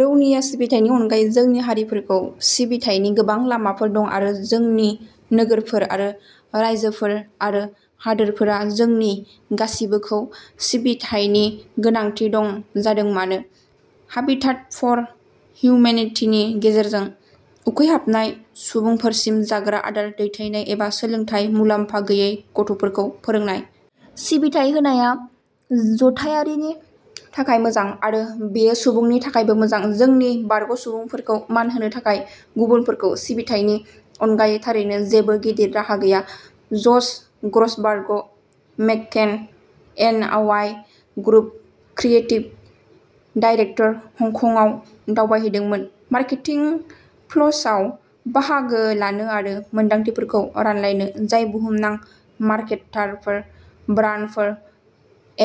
रौनिया सिबिथायनि अनगायै जोंनि हारिफोरखौ सिबिथायनि गोबां लामाफोर दं, आरो जोंनि नोगोरफोर आरो रायजोफोर आरो हादोरफोरा जोंनि गासिबोखौ सिबिथायनि गोनांथि दं-जाथों मानो। हाबिटाट फर हिउमेनिटीनि गेजेरजों, उखैहाबनाय सुबुंफोरसिम जाग्रा आदार दैथायनाय, एबा सोलोंथाय मुलामफा गैयै गथ'फोरखौ फोरोंनाय। सिबिथाय होनाया जथायारिनि थाखाय मोजां, आरो बेयो सुबुंनि थाखायबो मोजां। जोंनि बारग'सुबुंफोरखौ मान होनो थाखाय गुबुनफोरखौ सिबिथायनि अनगायै थारैनो जेबो गिदिर राहा गैया। Josh Grossberg, McCann N. Y. Group creative director, हंकंआव दावबायहैदोंमोन मार्केटिंपल्सआव बाहागो लानो आरो मोनदांथिफोरखौ रानलायनो, जाय बुहुमनां मार्केटारफोर, ब्रान्डफोर,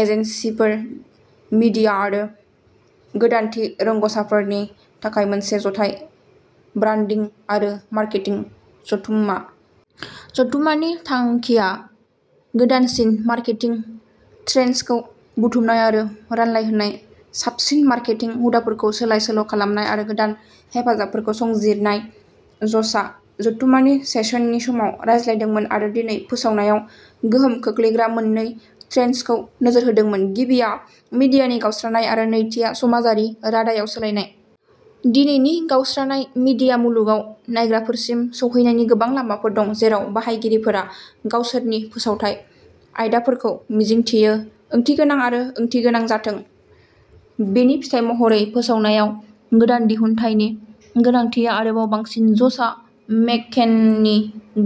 एजेन्सिफोर, मीडिया आरो गोदानथि रोंग'साफोरनि थाखाय मोनसे जथाय ब्रान्डिं आरो मार्केटिं जथुममा। जथुम्मानि थांखिया गोदानसिन मार्केटिं ट्रेन्ड्सखौ बुथुमनाय आरो रानलायहोनाय, साबसिन मार्केटिं हुदाफोरखौ सोलाय-सोल'खालामनाय आरो गोदान हेफाजाबफोरखौ संजिरनाय। जशआ जथुम्मानि सेसन नि समाव रायज्लायदोंमोन आरो दिनै फोसावनायाव गोहोम खोख्लैग्रा मोन्नै ट्रेन्ड्सखौ नोजोर होदोंमोनः गिबिया मिडियानि गावस्रानाय; आरो नैथिआ समाजारि रादायाव सोलायनाय। दिनैनि गावस्रानाय मीडिया मुलुगाव नायग्राफोरसिम सौहैनायनि गोबां लामाफोर दं जेराव बाहायगिरिफोरा गावसोरनि फोसावथाय आयदाफोरखौ मिजिंथियो। ओंथिगोनां आरो ओंथिगोनां जाथों। बेनि फिथाइ महरै, फोसावनायाव गोदान दिहुनथायनि गोनांथिआ आरोबाव बांसिन। ज'शआ मेककेननि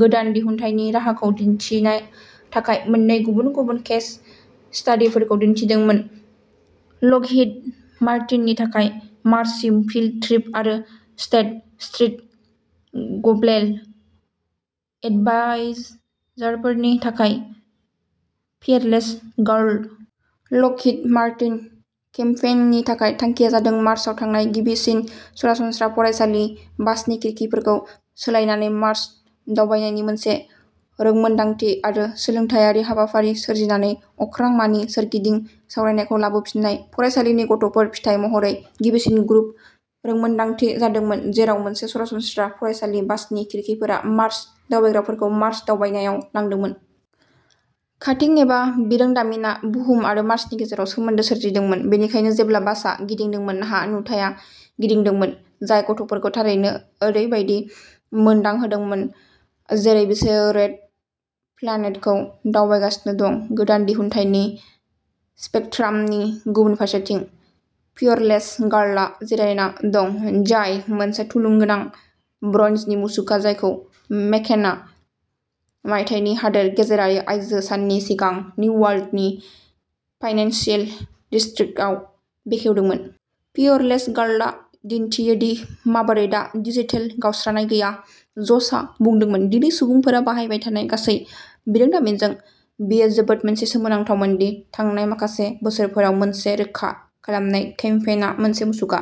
गोदान दिहुनथायनि राहाखौ दिन्थिनो थाखाय मोन्नै गुबुन गुबुन केस स्टादिफोरखौ दिन्थिदोंमोनः लकहिड मार्टिननि थाखाय मार्ससिम फिल्ड ट्रिप आरो स्टेट स्ट्रीट ग्लबेल एडभाइजारफोरनि थाखाय फीयरलेस गार्ल। लकहिड मार्टिन केम्पेइननि थाखाय, थांखिया जादों मार्साव थांनाय गिबिसिन सरासनस्रा फरायसालि बासनि खिरखिफोरखौ सोलायनानै मार्स दावबायनायनि मोनसे रोंमोनदांथि आरो सोलोंथायारि हाबाफारि सोरजिनानै अख्रांमानि सोरगिदिं सावरायनायखौ लाबोफिन्नायः फरायसालिनि गथ'फोर। फिथाय महरै गिबिसिन ग्रुप रोंमोनदांथि जादोंमोन जेराव मोनसे सरासनस्रा फरायसालि बासनि खिरखिफोरा मार्स दावबायग्राफोरखौ मार्स दावबायनायाव लांदोंमोन। काटिं-एज बिरोंदामिनआ बुहुम आरो मार्सनि गेजेराव " सोमोन्दो" सोरजिदोंमोन, बेनिखायनो, जेब्ला बासआ गिदिंदोंमोन, हा-नुथाया गिदिंदोंमोन, जाय गथ'फोरखौ थारैनो ओरैबायदि मोनदांहोदोंमोन जेरै बिसोरो रेड प्लानेटखौ दावबायगासिनो दं। गोदान दिहुनथायनि स्पेकट्रामनि गुबुन फारसेथिं। फीयरलेस गार्लआ जिरायना दं, जाय मोनसे थुलुंगागोनां ब्रन्जनि मुसुखा जायखौ मेककेनआ मायथाइनि हादोर गेजेरारि आइजो साननि सिगां निउयार्कनि फाइनेन्सियेल डिस्ट्रिक्टआव बेखेवदोंमोन। "फीयरलेस गार्लआ दिन्थियो दि माबोरै दा डिजिटेल गावस्रानाय गैया", ज'शआ बुंदोंमोन। "दिनै सुबुंफोरा बाहायबाय थानाय गासै बिरोंदामिनजों, बेयो जोबोद सोमोनांथावमोन दि थांनाय माखासे बोसोरफोराव मोनसे रोखा खालामनाय केम्पेइनआ मोनसे मुसुखा।